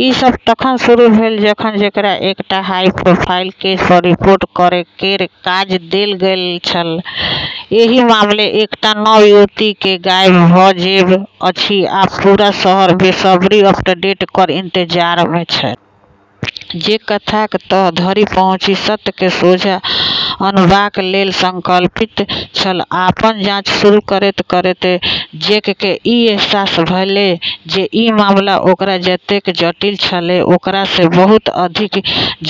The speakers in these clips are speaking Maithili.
ई सब तखन शुरू भेल जखन जैककेँ एकटा हाई प्रोफाइल केसपर रिपोर्ट करै केर काज देल गेल छल। एहि मामलामे एकटा नवयुवती केर गायब भऽ जेब अछि आ पूरा शहर बेसब्रीसँ अपडेट केर इंतजारमे छल। जैक कथाक तह धरि पहुँची सत्यकेँ सोझाँ अनबाक लेल संकल्पित छल। अपन जांच शुरू करैत-करैत जैककेँ ई अहसास भेलै जे ई मामला ओकरा जतेक जटिल छेलै, ओकरासँ बहुत अधिक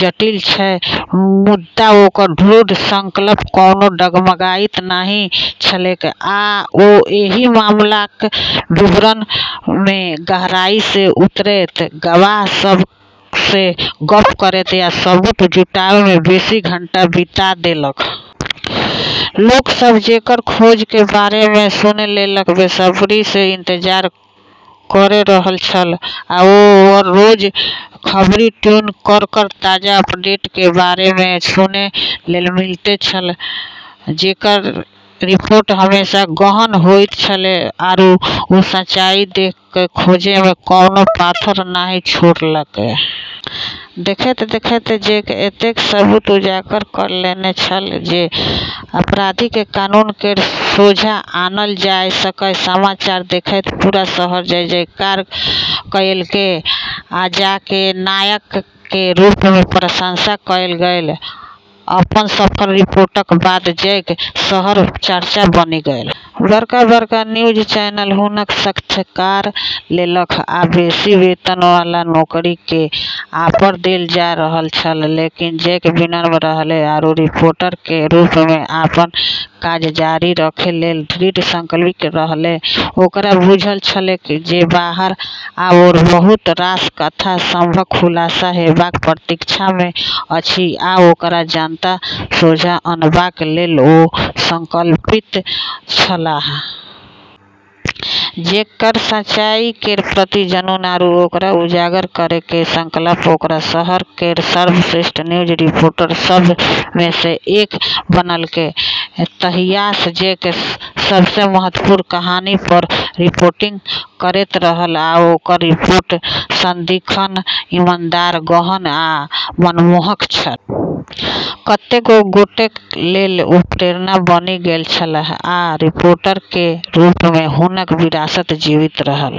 जटिल छै। मुदा ओकर दृढ़ संकल्प कोनो डगमगाइत नहि छलैक, आ ओ एहि मामलाक विवरणमे गहराईसँ उतरैत, गवाह सभसँ गप्प करैत आ सबूत जुटाबैमे बेसी घंटा बिता देलक। लोक सब जैक केर खोज केर बारेमे सुनै लेल बेसब्रीसँ इंतजार कऽ रहल छल, आओर रोज खबरि ट्यून कऽ कऽ ताजा अपडेट केर बारेमे सुनै लेल मिलैत छल। जैक केर रिपोर्ट हमेशा गहन होइत छेलै, आरू ओ सच्चाई केर खोजमे कोनो पाथर नहि छोड़लकै। देखैत-देखैत जैक एतेक सबूत उजागर कऽ लेने छल जे अपराधीकेँ कानून केर सोझाँ आनल जा सकए। समाचार देखैत पूरा शहर जय-जयकार कएलक, आ जैककेँ नायक केर रूपमे प्रशंसा कएल गेल। अपन सफल रिपोर्टक बाद जैक शहरक चर्चा बनि गेल। बड़का-बड़का न्यूज चैनल हुनक साक्षात्कार लेलक आ बेसी वेतनवाला नौकरी केर ऑफर देल जा रहल छल। लेकिन जैक विनम्र रहलै आरू रिपोर्टर केर रूपमे अपन काज जारी रखै लेल दृढ़ संकल्पित रहलै। ओकरा बुझल छलैक जे बाहर आओर बहुत रास कथा सभक खुलासा हेबाक प्रतीक्षामे अछि, आ ओकरा जनताक सोझाँ अनबाक लेल ओ संकल्पित छलाह। जैक केर सच्चाई केर प्रति जुनून आरू ओकरा उजागर करै केर संकल्प ओकरा शहर केर सर्वश्रेष्ठ न्यूज रिपोर्टर सभमेसँ एक बनेलकै। तहियासँ जैक सबसँ महत्वपूर्ण कहानीपर रिपोर्टिंग करैत रहल, आ ओकर रिपोर्ट सदिखन ईमानदार, गहन आ मनमोहक छल। कतेको गोटेक लेल ओ प्रेरणा बनि गेल छलाह, आ रिपोर्टर केर रूपमे हुनक विरासत जीवित रहल।